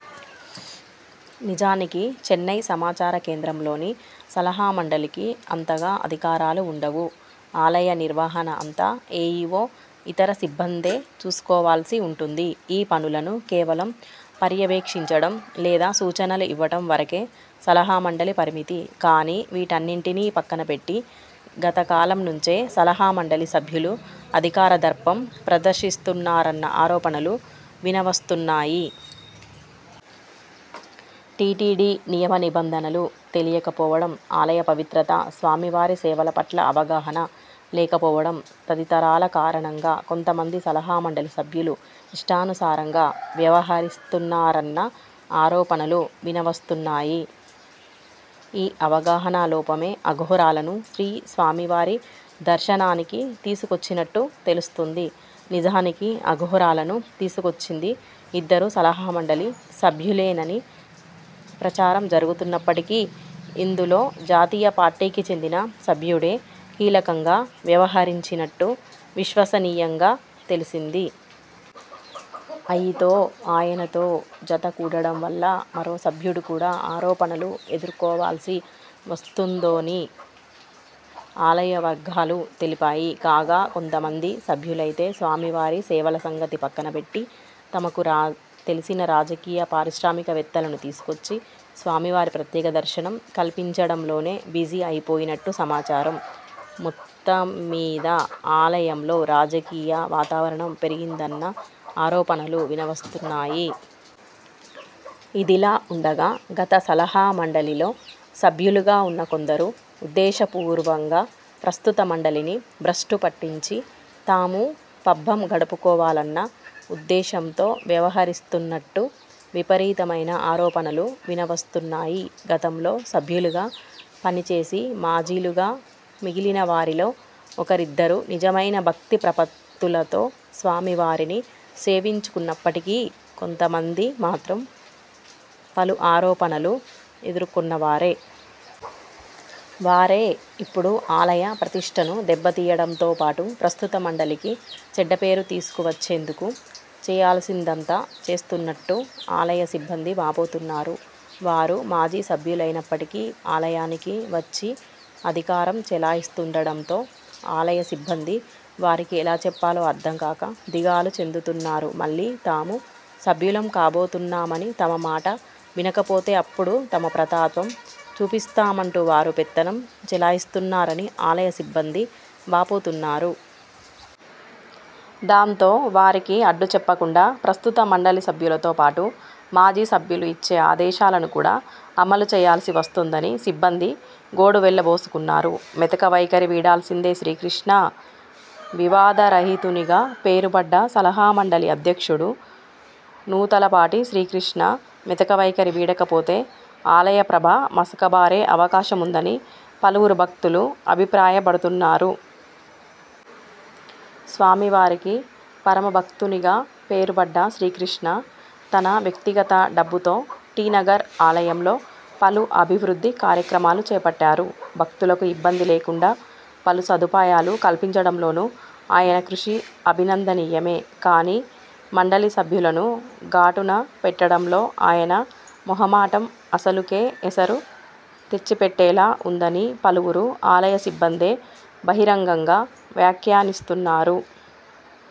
నిజానికి చెన్నై సమాచారకేంద్రంలోని సలహామండలికి అంతగా అధికారాలు ఉండవు. ఆలయ నిర్వహణ అంతా ఏఈవో, ఇతర సిబ్బందే చూసుకోవాల్సి వుంటుంది. ఈ పనులను కేవలం పర్యవేక్షించడం, లేదా సూచనలు ఇవ్వడం వరకే సలహామండలి పరిమితి. కానీ వీటన్నింటినీ పక్కనబెట్టి గతకాలం నుంచే సలహా మండలి సభ్యులు అధికార దర్పం ప్రదర్శిస్తున్నారన్న ఆరోపణలు వినవస్తున్నాయి. టీటీడీ నియమ నిబంధనలు తెలియకపోవడం, ఆలయ పవిత్రత, స్వామివారి సేవల పట్ల అవగాహన లేకపోవడం తదితరాల కారణంగా కొంతమంది సలహామండలి సభ్యులు ఇష్టాను సారంగా వ్యవహరిస్తున్నారన్న ఆరోపణలు వినవస్తున్నాయి. ఈ అవగాహనా లోపమే అఘోరా లను శ్రీస్వామివారి దర్శనానికి తీసుకొచ్చినట్టు తెలుస్తోంది. నిజానికి అఘోరాలను తీసుకొచ్చింది ఇద్దరు సలహామండలి సభ్యులేనని ప్రచారం జరుగుతున్నప్పటికీ ఇందులో జాతీయ పార్టీకి చెందిన సభ్యుడే కీలకంగా వ్యవహరించినట్టు విశ్వసనీయంగా తెలిసింది. అయితో ఆయనతో జతకూడడం వల్ల మరో సభ్యుడు కూడా ఆరోపణలు ఎదుర్కోవాల్సి వస్తోందని ఆలయవర్గాలు తెలిపాయి. కాగా కొంతమంది సభ్యులైతే స్వామివారి సేవల సంగతి పక్కనబెట్టి తమకు తెలిసిన రాజకీయ, పారిశ్రామికవేత్తలను తీసుకొచ్చి స్వామివారి ప్రత్యేకదర్శనం కల్పించడంలోనే బిజీ అయిపోయినట్టు సమాచారం. మొత్తమ్మీద ఆలయంలో రాజకీయ వాతావరణం పెరిగిందన్న ఆరోపణలు వినవస్తున్నాయి. ఇదిలా వుండగా గత సలహామండలిలో సభ్యులుగా వున్న కొందరు ఉద్దేశపూర్వంగా ప్రస్తుత మండలిని భ్రష్టు పట్టించి తాము పబ్బం గడుపుకోవాలన్న ఉద్దేశంతో వ్యవహరిస్తున్నట్టు విపరీతమైన ఆరోపణలు వినవస్తున్నాయి. గతంలో సభ్యులుగా పనిచేసి మాజీలుగా మిగిలినవారిలో ఒకరిద్దరు నిజమైన భక్తిప్రపత్తులతో స్వామివారిని సేవించుకున్నప్పటికీ కొంతమంది మాత్రం పలు ఆరోపణలు ఎదుర్కొన్నవారే. వారే ఇప్పుడు ఆలయ ప్రతిష్టను దెబ్బతీయడంతో పాటు ప్రస్తుత మండలికి చెడ్డ పేరు తీసుకువచ్చేందుకు చేయాల్సిందంతా చేస్తున్నట్టు ఆలయ సిబ్బంది వాపోతున్నారు. వారు మాజీ సభ్యులైనప్పటికీ ఆలయానికి వచ్చి అధికారం చెలాయిస్తుండడంతో ఆలయ సిబ్బంది వారికి ఎలా చెప్పాలో అర్థంగాక దిగాలు చెందుతున్నారు. మళ్లీ తాము సభ్యులం కాబోతున్నామని, తమ మాట వినకపోతే అప్పుడు తమ ప్రతాపం చూపిస్తామంటూ వారు పెత్తనం చెలాయిస్తున్నారని ఆలయ సిబ్బంది వాపోతున్నారు. దాంతో వారికి అడ్డు చెప్పకుండా ప్రస్తుత మండలి సభ్యులతో పాటు మాజీ సభ్యులు ఇచ్చే ఆదేశాలను కూడా అమలు చేయాల్సివస్తోందని సిబ్బంది గోడు వెళ్లబోసుకున్నారు. మెతకవైఖరి వీడాల్సిందే శ్రీకృష్ణా! వివాదరహితునిగా పేరుబడ్డ సలహామండలి అధ్యక్షుడు నూతలపాటి శ్రీకృష్ణ మెతక వైఖరి వీడకపోతే ఆలయప్రభ మసకబారే అవకాశముందని పలువురు భక్తులు అభిప్రాయపడుతున్నారు. స్వామివారికి పరమభక్తునిగా పేరుబడ్డ శ్రీకృష్ణ తన వ్యక్తిగత డబ్బుతో టి. నగర్ ఆలయంలో పలు అభివృద్ధి కార్యక్రమాలు చేపట్టారు. భక్తులకు ఇబ్బంది లేకుండా పలు సదుపాయాలు కల్పించడంలోనూ ఆయన కృషి అభినందనీయమే. కానీ మండలి సభ్యులను గాటున పెట్టడంలో ఆయన మొహమాటం అసలుకే ఎసరు తెచ్చిపెట్టేలా వుందని పలువురు ఆలయ సిబ్బందే బహిరంగంగా వ్యాఖ్యానిస్తున్నారు.